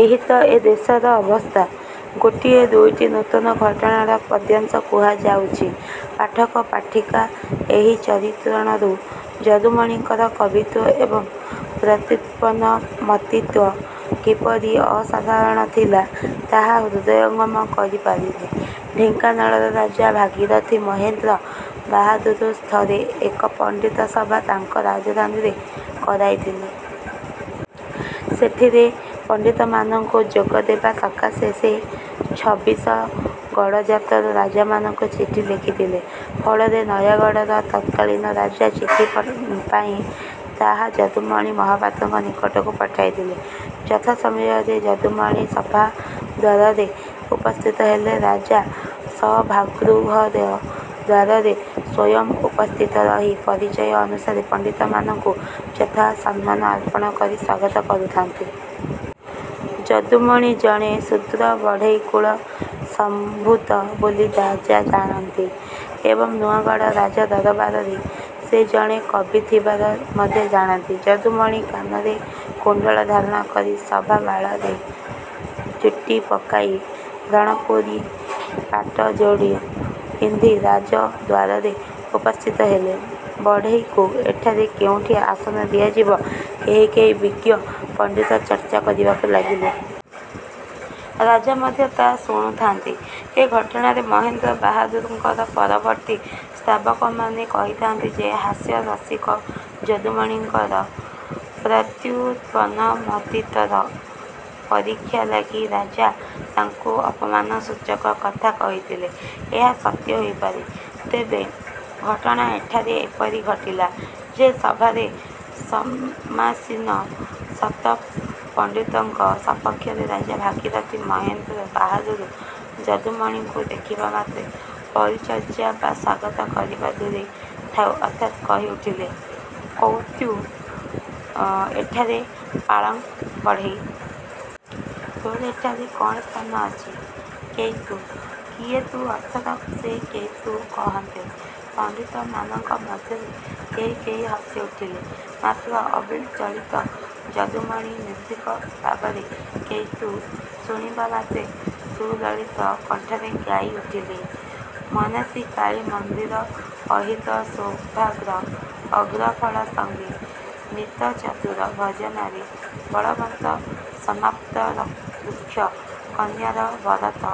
ଏହିତ ଏ ଦେଶର ଅବସ୍ଥା! ଗୋଟିଏ ଦୁଇଟି ନୂତନ ଘଟଣାର ପଦ୍ୟାଂଶ କୁହାଯାଉଛି। ପାଠକ ପାଠିକା ଏହି ଚିତ୍ରଣରୁ ଯଦୁମଣିଙ୍କର କବିତ୍ୱ ଏବଂ ପ୍ରତ୍ୟୁତ୍ପନ୍ନମତିତ୍ୱ କିପରି ଅସାଧାରଣ ଥିଲା, ତାହା ହୃଦୟଙ୍ଗମ କରିପାରିବେ। ଢ଼େଙ୍କାନାଳର ରାଜା ଭାଗୀରଧି ମହେନ୍ଦ୍ର ବାହାଦୁର ଥରେ ଏକ ପଣ୍ଡିତ ସଭା ତାଙ୍କ ରାଜଧାନୀରେ କରାଇଥିଲେ। ସେଥିରେ ପଣ୍ଡିତମାନଙ୍କୁ ଯୋଗ ଦେବା ସକାଶେ ସେ ଛବିଶ ଗଡ଼ଜାତର ରାଜାମାନଙ୍କୁ ଚିଠି ଲେଖିଥିଲେ। ଫଳରେ ନୟାଗଡ଼ର ତତ୍କାଳୀନ ରାଜା ଚିଠିପାଇ ତାହା ଯଦୁମଣି ମହାପାତ୍ରଙ୍କ ନିକଟକୁ ପଠାଇଥିଲେ। ଯଥାସମୟରେ ଯଦୁମଣି ସଭାଦ୍ୱାରରେ ଉପସ୍ଥିତ ହେଲେ। ରାଜା ସଭାଗୃହର ଦ୍ୱାରରେ ସ୍ୱୟଂ ଉପସ୍ଥିତ ରହି ପରିଚୟ ଅନୁସାରେ ପଣ୍ଡିତମାନଙ୍କୁ ଯଥା ସମ୍ମାନ ଅର୍ପଣ କରି ସ୍ୱାଗତ କରୁଥାନ୍ତି। ଯଦୁମଣି ଜଣେ ଶୂଦ୍ର ବଢ଼େଇକୁଳ ସମ୍ଭୂତ ବୋଲି ରାଜା ଜାଣନ୍ତି ଏବଂ ନୂଆଗଡ଼ ରାଜଦରବାରରେ ସେ ଜଣେ କବି ଥିବାର ମଧ୍ୟ ଜାଣନ୍ତି। ଯଦୁମଣି କାନରେ କୁଣ୍ଡଳ ଧାରଣ କରି, ସଭା ବାଳରେ ଚୁଟି ପକେଇ, ରଣପୁରୀ ପାଟଯୋଡ଼ ପିନ୍ଧି ରାଜଦ୍ୱାରରେ ଉପସ୍ଥିତ ହେଲେ। ବଢ଼େଇକୁ ଏଠାରେ କେଉଁଠି ଆସନ ଦିଆଯିବ କେହି କେହି ବିଜ୍ଞ ପଣ୍ଡିତ ଚର୍ଚ୍ଚା କରିବାକୁ ଲାଗିଲେ। ରାଜା ମଧ୍ୟ ତା ଶୁଣୁଥାନ୍ତି। ଏ ଘଟଣାରେ ମହେନ୍ଦ୍ର ବାହାଦୁରଙ୍କର ପରବର୍ତ୍ତୀ ସ୍ତାବକମାନେ କହିଥାନ୍ତି ଯେ ହାସ୍ୟରସିକ ଯଦୁମଣିଙ୍କର ପ୍ରତ୍ୟୁତ୍ପନ୍ନମତିତ୍ୱ ପରୀକ୍ଷା ଲାଗି ରାଜା ତାଙ୍କୁ ଅପମାନ ସୂଚକ କଥା କହିଥିଲେ। ଏହା ସତ୍ୟ ହୋଇପାରେ। ତେବେ ଘଟଣା ଏଠାରେ ଏପରି ଘଟିଲା ଯେ ସଭାରେ ସମାସୀନ ଶତ ପଣ୍ଡିତଙ୍କ ସପକ୍ଷରେ ରାଜା ଭଗୀରଥି ମହେନ୍ଦ୍ର ବାହାଦୁର ଯଦୁମଣିଙ୍କୁ ଦେଖିବା ମାତ୍ରେ ପରିଚର୍ଯ୍ୟା ବା ସ୍ୱାଗତ କରିବା ଦୂରେ ଥାଉ ହଠାତ୍ କହି ଉଠିଲେ- କ୍ୟେତୁ ଏଠାରେ ପାଂଳ ବଢ଼େଇ? ତୋର ଏଠାରେ କ'ଣ ସ୍ଥାନ ଅଛି। କ୍ୟେତୁ? କିଏ ତୁ ଅର୍ଥରେ ସେ କ୍ୟେତୁ କହନ୍ତେ, ପଣ୍ଡିତମାନଙ୍କ ମଧ୍ୟରୁ କେହି କେହି ହସି ଉଠିଲେ-। ମାତ୍ର ଅବିଚଳିତ ଯଦୁମଣି ନିର୍ଭୀକ ଭାବରେ 'କ୍ୟେତୁ' ଶୁଣିବା ମାତ୍ରେ ସୁଲଳିତ କଣ୍ଠରେ ଗାଇ ଉଠିଲେ- ମନାସି କାଳୀ ମନ୍ଦିର ଅହିତ ଶୋଭାଗ୍ର ଅଗ୍ରଫଳ ସଙ୍ଗେ ମିତ ଚତୁର ଭଜନରେ ବଳବନ୍ତ ସମାପ୍ତ ଋକ୍ଷ କନ୍ୟାର ବରତ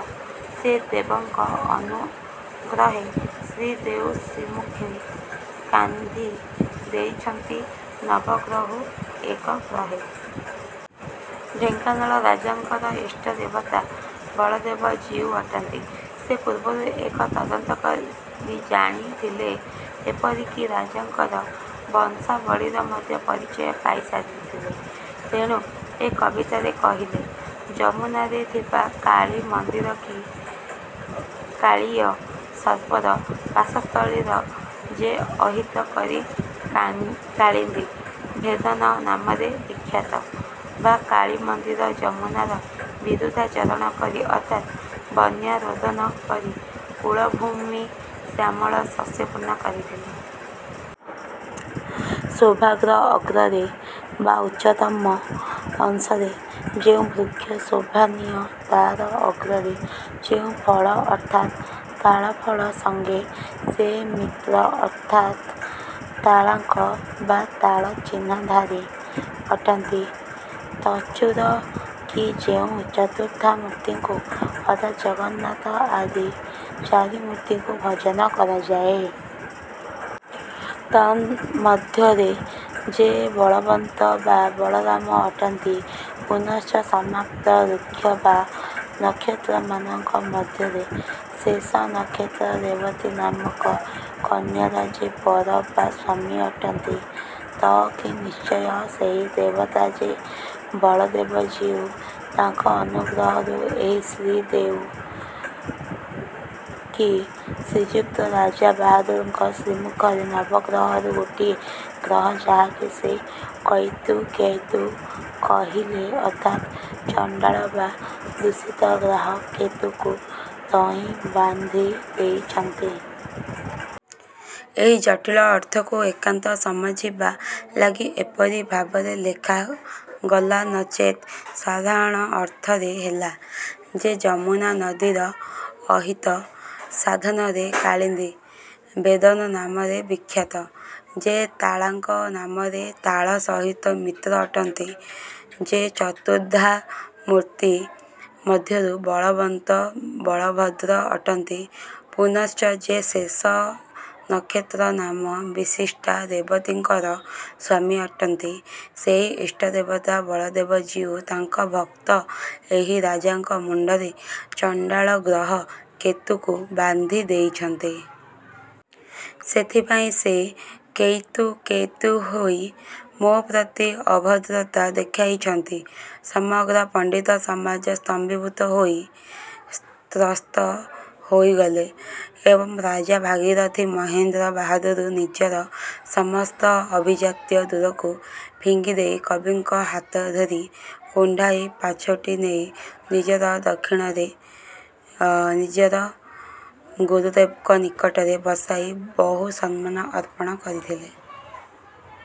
ସେ ଦେବଙ୍କ ଅନୁଗ୍ରହେ ଶ୍ରୀ ଦେଉ ଶ୍ରୀମୁଖେ କାନ୍ଧି ଦେଇଛନ୍ତି ନବଗ୍ରହୁ ଏକ ଗ୍ରହେ। ଢେଙ୍କାନାଳ ରାଜାଙ୍କର ଇଷ୍ଟଦେବତା ବଳଦେବ ଜୀଉ ଅଟନ୍ତି। ସେ ପୂର୍ବରୁ ଏହା ତଦନ୍ତ କରି ଜାଣିଥିଲେ। ଏପରି କି ରାଜାଙ୍କର ବଂଶାବଳୀର ମଧ୍ୟ ପରିଚୟ ପାଇ ସାରିଥିଲେ। ତେଣୁ ଏ କବିତାରେ କହିଲେ- ଯମୁନାରେ ଥିବା କାଳୀ ମନ୍ଦିର କି କାଳୀୟ ସର୍ପର ବାସସ୍ଥଳୀର ଯେ ଅହିତ କରି କାଳିନ୍ଦି ଭେଦନ ନାମରେ ବିଖ୍ୟାତ, ବା କାଳୀ ମନ୍ଦିର ଯମୁଦାର ବିରୁଦ୍ଧାଚରଣ କରି ଅର୍ଥାତ୍ ବନ୍ୟାରୋଧନ କରି କୂଳଭୂମି ଶ୍ୟାମଳ ଶସ୍ୟପୂର୍ଣ୍ଣ କରିଥିଲେ। ଶୋଭାଗ୍ର ଅଗ୍ରରେ ବା ଉଚ୍ଚତମ ଅଂଶରେ ଯେଉଁ ବୃକ୍ଷ ଶୋଭନୀୟ ତାର ଅଗ୍ରରେ ଯେଉଁ ଫଳ ଅର୍ଥାତ୍ ତାଳଫଳ ସଙ୍ଗେ ସେ ମିତ୍ର ଅର୍ଥାତ୍ ''ତାଳାଙ୍କ" ବା ତାଳ ଚିହ୍ନଧାରୀ ଅଟନ୍ତି। ତଚୁର କି ଯେଉଁ ଚତୁର୍ଦ୍ଧାମୂର୍ତ୍ତିକୁ ଅର୍ଥାତ୍ ଜଗନ୍ନାଥ ଆଦି ଚାରିମୂର୍ତ୍ତିଙ୍କୁ ଭଜନ କରାଯାଏ, ତନ୍ମମଧ୍ୟରେ ଯେ ବଳବନ୍ତ ବା ବଳରାମ ଅଟନ୍ତି ପୁନଶ୍ଚ ସମାପ୍ତ ଋକ୍ଷ ବା ନକ୍ଷତ୍ରମାନଙ୍କ ମଧ୍ୟରେ ଶେଷ ନକ୍ଷତ୍ର ରେବତୀ ନାମକ କନ୍ୟାର ଯେ ବର ବା ସ୍ୱାମୀ ଅଟନ୍ତି 'ତ' କି ନିଶ୍ଚୟ ସେହି ଦେବତା ଯେ ବଳଦେବ ଜୀଉ ତାଙ୍କ ଅନୁଗ୍ରହରୁ ଏହି ଶ୍ରୀ ଦେଉ କି ଶ୍ରୀଯୁକ୍ତ ରାଜା ବାହାଦୁରଙ୍କ ଶ୍ରୀ ମୁଖରେ ନବଗ୍ରହରୁ ଗୋଟିଏ ଗ୍ରହ ଯାହାକି ସେ ''କ୍ୟେତୁ କ୍ୟେତୁ" କହିଲେ ଅର୍ଥାତ ଚଣ୍ଡାଳ ବା ଦୂଷିତ ଗ୍ରହ କେତୁକୁ ତହିଁ ବାନ୍ଧି ଦେଇଛନ୍ତି। ଏହି ଜଟୀଳ ଅର୍ଥକୁ ଏକାନ୍ତ ସମଝିବା ଲାଗି ଏପରି। ଭାବରେ ଲେଖାଗଲା। ନଚେତ୍ ସାଧାରଣ ଅର୍ଥରେ ହେଲା- ଯେ ଯମୁନା ନଦୀର ଅହିତ ସାଧାନରେ କାଳୀନ୍ଦି−ଭେଦନ ନାମରେ ବିଖ୍ୟାତ, ଯେ ତାଳାଙ୍କ ନାମରେ ତାଳ ସହିତ ମିତ୍ର ଅଟନ୍ତି, ଯେ ଚତୁର୍ଦ୍ଧାମୂର୍ତ୍ତି ମଧ୍ୟରୁ ବଳବନ୍ତ ବଳଭଦ୍ର ଅଟନ୍ତି ପୁନଶ୍ଚ ଯେ ଶେଷ ନକ୍ଷତ୍ର ନାମ ବିଶିଷ୍ଟା ରେବତୀଙ୍କର ସ୍ୱାମୀ ଅଟନ୍ତି, ସେଇ ଇଷ୍ଟଦେବତା ବଳଦେବ ଜୀଉ ତାଙ୍କ ଭକ୍ତ ଏହି ରାଜାଙ୍କ ମୁହଁରେ ଚଣ୍ଡାଳ ଗ୍ରହ କେତୁକୁ ବାନ୍ଧି ଦେଇଛନ୍ତି। ସେଥିପାଇଁ ସେ କ୍ୟେତୁ କ୍ୟେତୁ ହୋଇ ମୋ ପ୍ରତି ଅଭଦ୍ରତା ଦେଖାଇଛନ୍ତି। ସମଗ୍ର ପଣ୍ଡିତ ସମାଜ ସ୍ତମ୍ଭୀଭୂତ ହୋଇ ତ୍ରସ୍ତ ହୋଇଗଲେ ଏବଂ ରାଜା ଭାଗୀରଥି ମହେନ୍ଦ୍ର ବାହାଦୁର ନିଜର ସମସ୍ତ ଅଭିଜାତ୍ୟ ଦୂରକୁ ଫିଙ୍ଗିଦେଇ କବିଙ୍କ ହାତଧରି କୁଣ୍ଢାଇ ପାଛୋଟି ନେଇ ନିଜର ଦକ୍ଷିଣରେ ନିଜର ଗୁରୁଦେବଙ୍କ ନିକଟରେ ବସାଇ ବହୁ ସମ୍ମାନ ଅର୍ପଣ କରିଥିଲେ।